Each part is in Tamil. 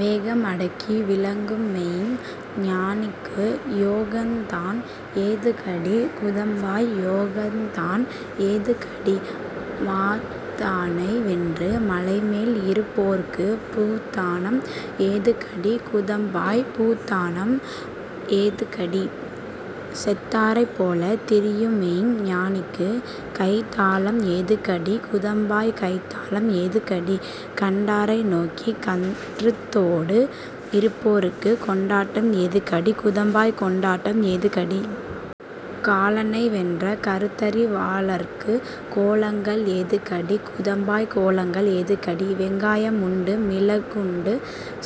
வேகம் அடக்கி விளங்குமெய்ஞ் ஞானிக்கு யோகந்தான் ஏதுக்கடி குதம்பாய் யோகந்தான் ஏதுக்கடி? மாத்தானை வென்று மலைமேல் இருப்போர்க்குப் பூத்தானம் ஏதுக்கடி குதம்பாய் பூத்தானம் ஏதுக்கடி? செத்தாரைப் போலத் திரியுமெய்ஞ் ஞானிக்கு கைத்தாளம் ஏதுக்கடி குதம்பாய் கைத்தாளம் ஏதுக்கடி? கண்டாரை நோக்கிக் கருத்தோடு இருப்போர்க்குக் கொண்டாட்டம் ஏதுக்கடி குதம்பாய் கொண்டாட்டம் ஏதுக்கடி? காலனை வென்ற கருத்தறி வாளர்க்குக் கோலங்கள் ஏதுக்கடி குதம்பாய் கோலங்கள் ஏதுக்கடி? வெங்காயம் உண்டு மிளகுண்டு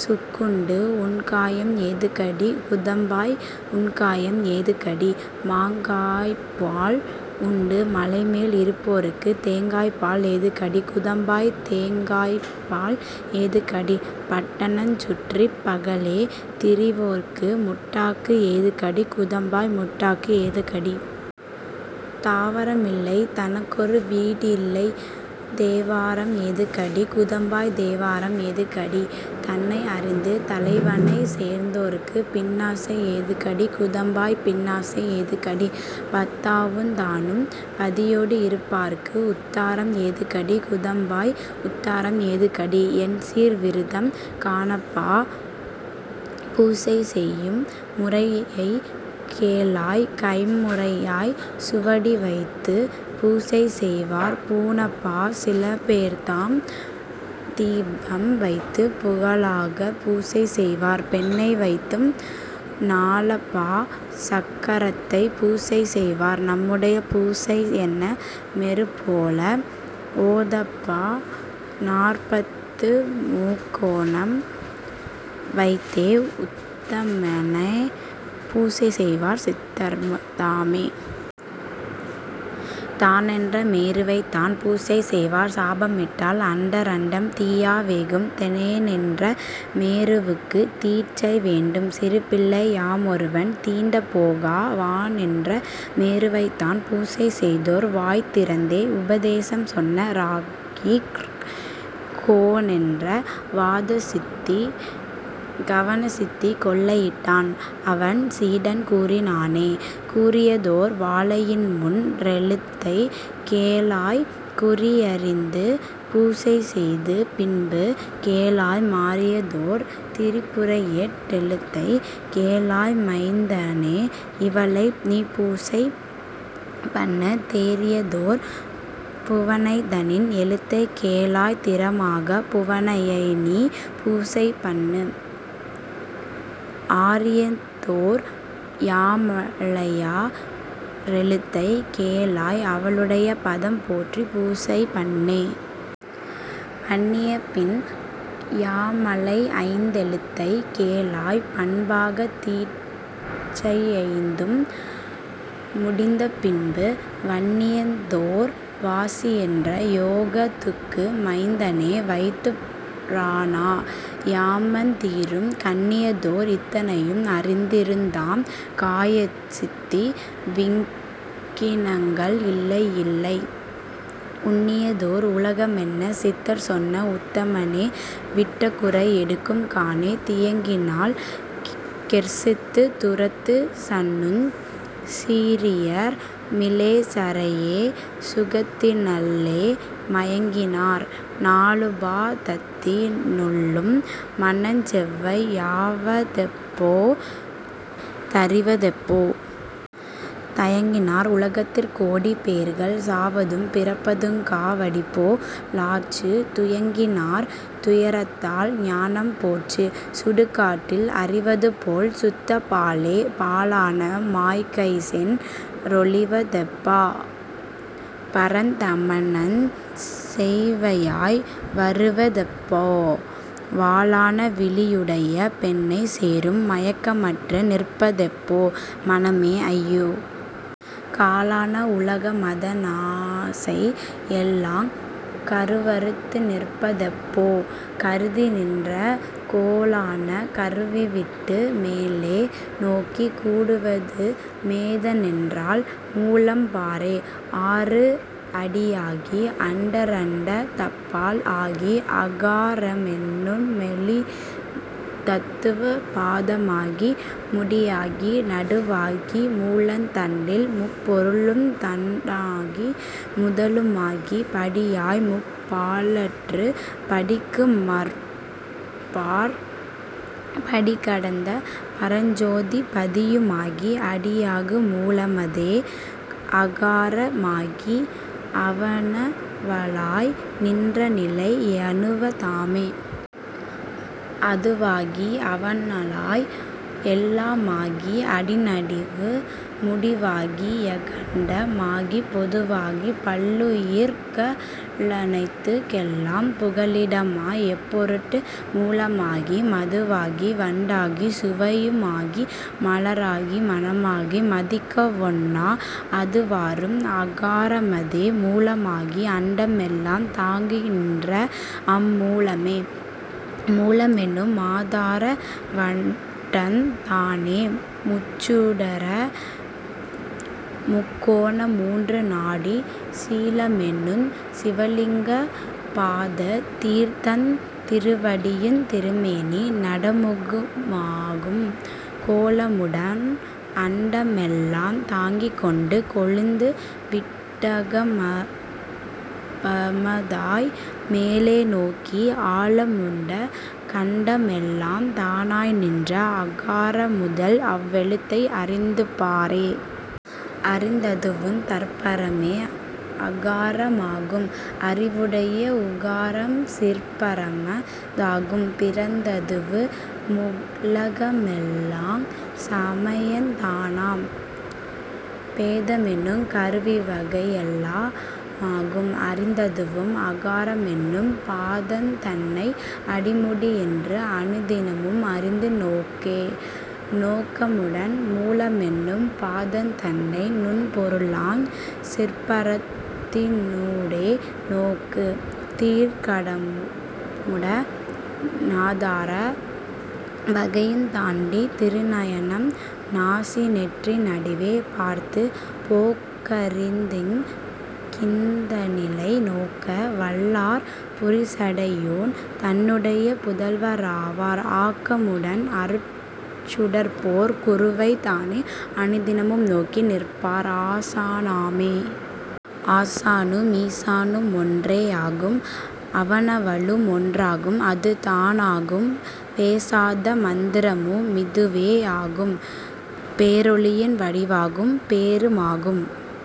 சுக்குண்டு உண்காயம் ஏதுக்கடி குதம்பாய் உண்காயம் ஏதுக்கடி? மாங்காய்ப்பால் உண்டு மலைமேல் இருப்போர்க்குத் தேங்காய்ப்பால் ஏதுக்கடி குதம்பாய் தேங்காய்ப்பால் ஏதுக்கடி? பட்டணஞ் சுற்றிப் பகலே திரிவோர்க்கு முட்டாக்கு ஏதுக்கடி குதம்பாய் முட்டாக்கு ஏதுக்கடி? தாவரமில்லை தனக்கொரு வீடில்லை தேவாரம் ஏதுக்கடி குதம்பாய் தேவாரம் ஏதுக்கடி? தன்னை அறிந்து தலைவனைச் சேர்ந்தோர்க்குப் பின்னாசை ஏதுக்கடி குதம்பாய் பின்னாசை ஏதுக்கடி? பத்தாவுந் தானும் பதியோடு இருப்பார்க்கு உத்தாரம் ஏதுக்கடி குதம்பாய் உத்தாரம் ஏதுக்கடி? எண்சீர் விருத்தம் காணப்பா பூசைசெய்யும் முறையைக் கேளாய் கைம்முறையாய்ச் சுவடிவைத்துப் பூசை செய்வார் பூணப்பா சிலபேர்தான் தீபம் வைத்துப் புகழாகப் பூசை செய்வார் பெண்ணை வைத்தும் நாளப்பா சக்கரத்தைப் பூசை செய்வார் நம்முடைய பூசையென்ன மேருப் போலே ஓதப்பா நாற்பத்துமுக் கோணம் வைத்தே உத்தமனே பூசை செய்வார் சித்தர்தாமே. தானென்ற மேருவைத்தான் பூசை செய்வார் சாபமிட்டால் அண்டரண்டம் தீயா வேகும் தேனென்ற மேருவுக்குத் தீட்சை வேண்டும் சிறுபிள்ளை யாமொருவன் தீண்டப்போகா வானென்ற மேருவைத்தான் பூசை செய்தோர் வாய்திறந்தே உபதேசம் சொன்ன ராகிற் கோனென்ற வாதசித்தி கவன சித்தி கொள்ளையிட்டான் அவன் சீடன் கூறினானே. கூறியதோர் வாலையின்மூன் றெழுத்தைக் கேளாய் குறியறிந்து பூசை செய்து பின்பு கேளாய் மாறியதோர் திரிபுரையெட் டெழுத்தைக் கேளாய் மைந்தனே இவளை நீபூசை பண்ணத் தேறியதோர் புவனைதனின் எழுத்தைக் கேளாய் திறமாகப் புவனையைநீ பூசை பண்ணு ஆறியதோர் யாமளையா றெழுத்தை கேளாய் அவளுடைய பதம் போற்றிப் பூசைபண்ணே. பண்ணியபின் யாமளைஐந் தெழுத்தைக் கேளாய் பண்பாகத் தீட்சையைந்தும் முடிந்த பின்பு வண்ணியதோர் வாசியென்ற யோகத் துக்கு மைந்தனே வைத்துப்ராணா யாமந் தீரும் கண்ணியதோர் இத்தனையும் அறிந்தி ருந்தாம் காயசித்தி விக்கினங்கள் இல்லை யில்லை உண்ணியதோர் உலகமென்ன சித்தர் சொன்ன உத்தமனே விட்டகுறை எடுக்கும் காணே தியங்கினால் கெர்சித்துத் துரத்துச் சண்ணுஞ் சீறியர் மிலேச்சரையே சுகத்தினள்ளே மயங்கினார் நாலுபா தத்தி னுள்ளும் மனஞ்செவ்வை யாவதெப்போ தறிவதெப்போ? தயங்கினார் உலகத்திற் கோடி பேர்கள் சாவதும் பிறப்பதுங்கா வடிபோ லாச்சு துயங்கினார் துயரத்தால் ஞானம் போச்சு சுடுகாட்டில் அறிவதுபோல் சுத்தப் பாழே. பாழான மாய்கைசென் றொழிவ தெப்போ? பரந் தமனஞ் செவ்வையாய் வருவ தெப்போ? வாளான விழியுடைய பெண்ணைச் சேரும் மயக்கமற்று நிற்பதெப்போ? மனமே ஐயோ? காழான உலகமத னாசை யெல்லாங் கருவறுத்து நிற்பதெப்போ? கருதி நின்ற கோளான கருவிவிட்டு மேலே நோக்கிக் கூடுவது மேதனென்றால் மூலம்பாரே. ஆறு அடியாகி அண்டரண்டத் தப்பால் ஆகி அகாரமெனுமெழுத் ததுவே பாதமாகி முடியாகி நடுவாகி மூலந் தன்னில் முப்பொருளுந் தானாகி முதலுமாகிப் படியாய்முப் பாழற்றுப் படிக்கு மப்பாற் படிகடந்த பரஞ்சோதிப் பதியுமாகி அடியாகு மூலமதே அகார மாகி அவனவளாய் நின்றநிலை யணுவ தாமே. அதுவாகி அவனளாய் எல்லா மாகி அடிநடுவு முடிவாகி யகண்ட மாகிப் பொதுவாகிப் பல்லுயிர்க ளனைத்துக் கெல்லாம் புகலிடமாய் எப்பொருட்கு மூலமாகி மதுவாகி வண்டாகிச் சுவையு மாகி மலராகி மணமாகி மதிக்க வொண்ணா அதுவாரும் அகாரமதே மூலமாகி அண்டமெல்லாந் தாங்கிநின்ற அம்மூலமே. மூலமெனு மாதார வட்டந் தானே முச்சுடரு முக்கோண மூன்று நாடிச் சீலமெனுஞ் சிவலிங்க பாத தீர்த்தந் திருவடியுந் திருமேனி நடமுமாகும் கோலமுடன் அன்ட மெல்லாந் தாங்கிக்கொண்டு கொழுந்து விட்டகம்பமதாய் மேலேநோக்கி ஆலமுண்ட கண்டமெலாந் தானாய் நின்ற அகாரமுதல் அவ்வெழுத்தை அறிந்துபாரே. அரிந்ததுவுந் தற்பரமே அகார மாகும் அறிவுடைய உகாரம்சிற் பரம தாகும் பிறந்ததுவு முலகமெலாஞ் சமயந் தானாம் பேதமெனுங் கருவிவகை யெல்லா மாகும் அறிந்ததுவும் அகாரமெனும் பாதந் தன்னை அடிமுடியென்று அனுதினமும் அறிந்து நோக்கே. நோக்கமுடன் மூலமெனும் பாதந் தன்னை நுண்பொருளாஞ் சிற்பரத்தினூடே நோக்கு தீர்க்கமுட னாதார வகையுந் தாண்டித் திருநயனம் நாசிநெற்றி நடுவே பார்த்துப் போக்கறிந்திங் கிந்தநிலை நோக்க வல்லார் புரிசடையோன் தன்னுடைய புதல்வ ராவார் ஆக்கமுடன் அருட்சுடர்போற் குருவைத் தானே அனுதினமும் நோக்கி நிற்பார் ஆசானாமே. ஆசானு மீசானு மொன்றே யாகும் அவனவளு மொன்றாகும் அது தானாகும் பேசாத மந்திரமு மிதுவே யாகும் பேரொளியின் வடிவாகும் பேரு மாகும்